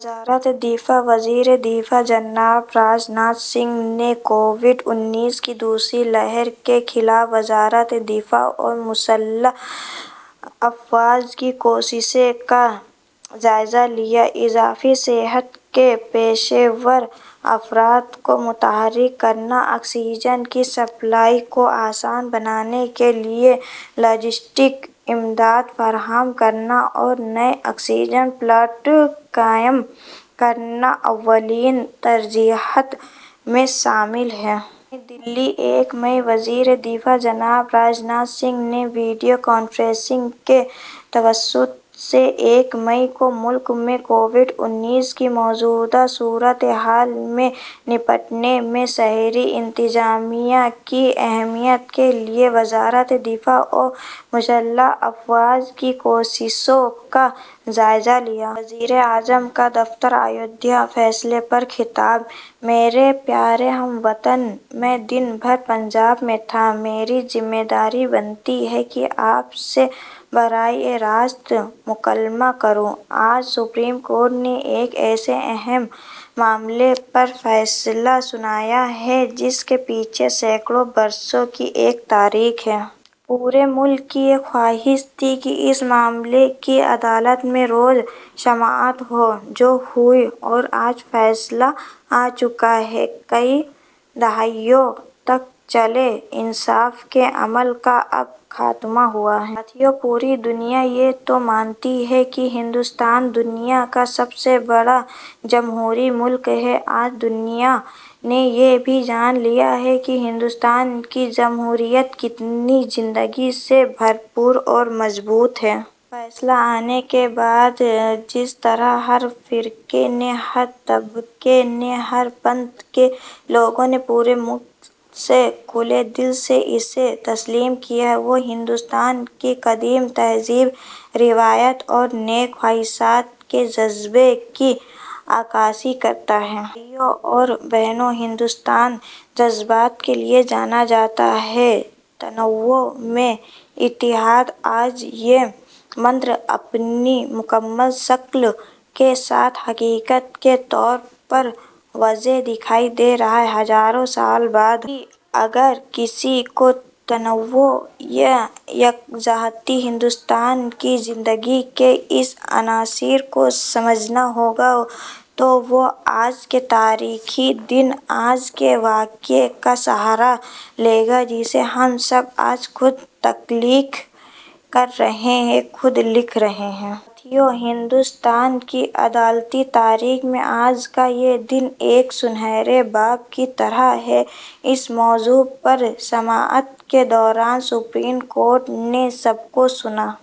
وزارت دفاع وزیر دفاع جناب راج ناتھ سنگھ نے کووِڈ انیس کی دوسری لہر کے خلاف وزارت دفاع اور مسلح افواج کی کوششوں کا جائزہ لیا۔ اضافی صحت کے پیشہ ور افراد کو متحرک کرنا، آکسیجن کی سپلائی کو آسان بنانے کے لیے لاجسٹک امداد فراہم کرنا اور نئے آکسیجن پلانٹ قائم کرنا اولین ترجیحات میں شامل ہیں۔ نئی دہلی، یکم مئی: وزیر دفاع جناب راج ناتھ سنگھ نے ویڈیو کانفرنسنگ کے توسط سے یکم مئی کو ملک میں کووِڈ انیس کی موجودہ صورتحال سے نمٹنے میں شہری انتظامیہ کی حمایت کے لیے وزارت دفاع اور مسلح افواج کی کوششوں کا جائزہ لیا۔ وزیراعظم کا دفتر ایودھیا فیصلے پر خطاب میرے پیارے ہم وطنوں، میں دن بھر پنجاب میں تھا۔ میری ذمہ داری بنتی ہے کہ آپ سے براہِ راست مکالمہ کروں۔ آج سپریم کورٹ نے ایک ایسے اہم معاملے پر فیصلہ سنایا ہے، جس کے پیچھے سینکڑوں برسوں کی ایک تاریخ ہے۔ پورے ملک کی یہ خواہش تھی کہ اس معاملے کی عدالت میں روز سماعت ہو، جو ہوئی، اور آج فیصلہ آ چکا ہے۔ کئی دہائیوں تک چلے انصاف کے عمل کا اب خاتمہ ہوا ہے۔ ساتھیو، پوری دنیا یہ تو مانتی ہی ہے کہ ہندوستان دنیا کا سب سے بڑا جمہوری ملک ہے۔ آج دنیا نے یہ بھی جان لیا ہے کہ ہندوستان کی جمہوریت کتنی زندگی سے بھرپور اور مضبوط ہے۔ فیصلہ آنے کے بعد جس طرح ہر فرقے نے، ہر طبقے نے، ہر پنتھ کے لوگوں نے پورے ملک سے کھلے دل سے اسے تسلیم کیا ہے، وہ ہندوستان کی قدیم تہذیب، روایات اور نیک خواہشات کے جذبے کی عکاسی کرتا ہے۔ بھائیو اور بہنو، ہندوستان جذبات کے لیے جانا جاتا ہے۔ تنوع میں اتحاد، آج یہ منتر اپنی مکمل شکل کے ساتھ حقیقت کے طور پر واضح دکھائی دے رہا ہے۔ ہزاروں سال بعد بھی اگر کسی کو تنوع میں یکجہتی، ہندوستان کی زندگی کے اس عنصر کو سمجھنا ہوگا، تو وہ آج کے تاریخی دن، آج کے واقعے کا سہارا لے گا، جسے ہم سب آج خود تخلیق کر رہے ہیں، خود لکھ رہے ہیں۔ ساتھیو، ہندوستان کی عدلیہ کی تاریخ میں آج کا یہ دن ایک سنہرے باب کی طرح ہے۔ اس موضوع پر سماعت کے دوران سپریم کورٹ نے سب کو سنا۔